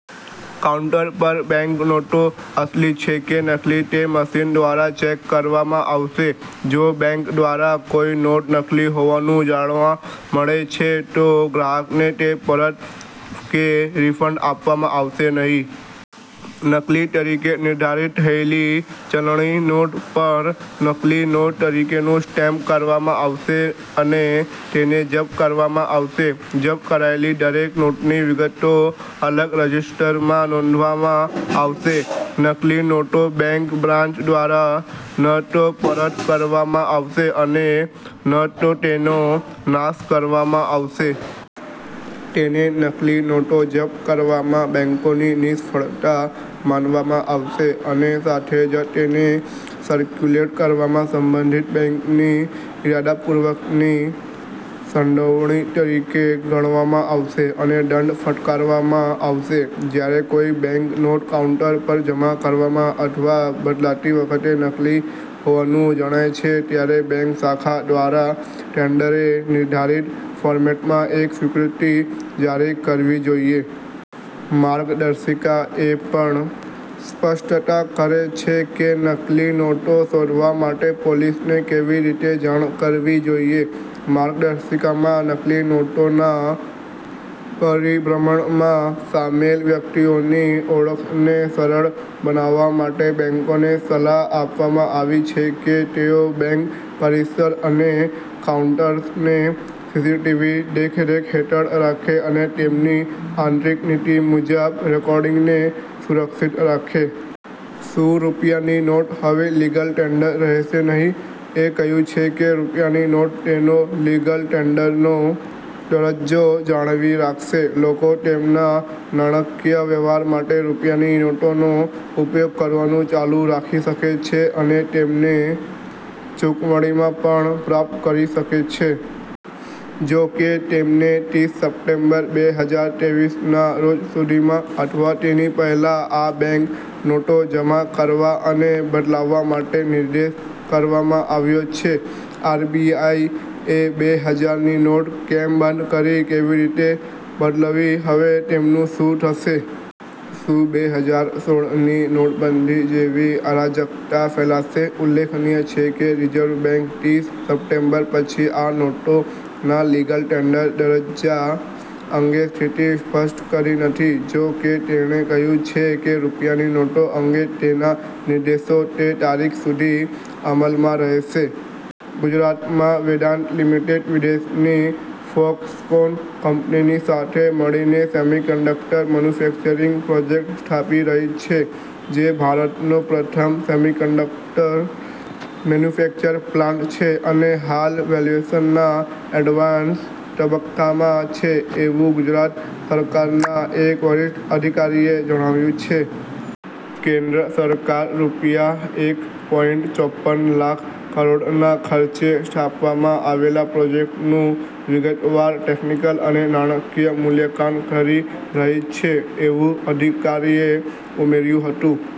Counter પર bank નોટો અસલી છે કે નકલી તે મશીન દ્વારા ચેક કરવામાં આવશે. જો બેંક દ્વારા કોઈ નોટ નકલી હોવાનું જાણવા મળે છે, તો ગ્રાહકને તે પરત કે રિફંડ આપવામાં આવશે નહીં. નકલી તરીકે નિર્ધારિત થયેલી ચલણી નોટ પર "નકલી નોટ" તરીકેનું સ્ટેમ્પ કરવામાં આવશે અને તેને જપ્ત કરવામાં આવશે. જપ્ત કરાયેલી દરેક નોટની વિગતો અલગ રજીસ્ટરમાં નોંધવામાં આવશે. નકલી નોટો બેંક બ્રાન્ચ દ્વારા ન તો પરત કરવામાં આવશે અને ન તો તેનો નાશ કરવામાં આવશે. તેને નકલી નોટો જપ્ત કરવામાં બેંકોની નિષ્ફળતા માનવામાં આવશે અને સાથે જ તેને સર્ક્યુલેટ કરવામાં સંબંધિત બેંકની ઇરાદાપૂર્વકની સંડોવણી તરીકે ગણવામાં આવશે અને દંડ ફટકારવામાં આવશે. જ્યારે કોઈ બેંક નોટ કાઉન્ટર પર જમા કરવામાં અથવા બદલાતી વખતે નકલી હોવાનું જણાય છે, ત્યારે બેંક શાખા દ્વારા ટેન્ડરે નિર્ધારિત ફોર્મેટમાં એક સ્વીકૃતિ જારી કરવી જોઈએ. માર્ગદર્શિકા એ પણ સ્પષ્ટતા કરે છે કે નકલી નોટો શોધવા માટે પોલીસને કેવી રીતે જાણ કરવી જોઈએ. માર્ગદર્શિકામાં નકલી નોટોના પરિભ્રમણમાં સામેલ વ્યક્તિઓની ઓળખને સરળ બનાવવા માટે, બેંકોને સલાહ આપવામાં આવી છે કે તેઓ બેંક પરિસર અને કાઉન્ટર્સને સીસીટીવી દેખરેખ હેઠળ રાખે અને તેમની આંતરિક નીતિ મુજબ રેકોર્ડિંગને સુરક્ષિત રાખે. શું રૂપિયાની નોટ હવે લીગલ ટેન્ડર રહેશે નહીં? એ કહ્યું છે કે રૂપિયાની નોટ તેનો લીગલ ટેન્ડરનો દરજ્જો જાળવી રાખશે. લોકો તેમના નાણાંકીય વ્યવહાર માટે રૂપિયાની નોટોનો ઉપયોગ કરવાનું ચાલુ રાખી શકે છે અને તેમને ચુકવણીમાં પણ પ્રાપ્ત કરી શકે છે. જો કે, તેમને ત્રીસ સપ્ટેમ્બર, બેહજાર ત્રેવીસના રોજ સુધીમાં અથવા તેની પહેલાં આ બેંક નોટો જમા કરવા અને બદલાવવા માટે નિર્દેશ કરવામાં આવ્યો છે. આરબીઆઇ એ બે હજાર ની નોટ કેમ બંધ કરી, કેવી રીતે બદલવી, હવે તેમનું શું થશે. શું બે હજાર સોળ ની નોટબંધી જેવી અરાજકતા ફેલાશે? ઉલ્લેખનિય છે કે, રિઝર્વ બેંકે ત્રીસ સપ્ટેમ્બર પછી આ નોટોના લીગલ ટેન્ડર દરજ્જા અંગે સ્થિતિ સ્પષ્ટ કરી નથી. જો કે, તેણે કહ્યું છે કે રૂપિયાની નોટો અંગે તેના નિર્દેશો તે તારીખ સુધી અમલમાં રહેશે. ગુજરાતમાં વેદાંત લિમિટેડ વિદેશની ફોક્સકોન કંપનીની સાથે મળીને સેમિકન્ડક્ટર મેન્યુફેક્ચરિંગ પ્રોજેક્ટ સ્થાપી રહી છે. જે ભારતનો પ્રથમ સેમિકન્ડક્ટર મેન્યુફેક્ચર્સ પ્લાન્ટ છે અને હાલ "વેલ્યૂશનના એડવાન્સ તબક્કામાં" છે, એવું ગુજરાત સરકારના એક વરિષ્ઠ અધિકારીએ જણાવ્યું છે. કેન્દ્ર સરકાર રૂપિયા એક પોઈંટ ચોપન લાખ કરોડના ખર્ચે સ્થાપવામાં આવેલા પ્રોજેક્ટનું વિગતવાર ટેકનિકલ અને નાણાકીય મૂલ્યાંકન કરી રહી છે, એવું અધિકારીએ ઉમેર્યું હતું.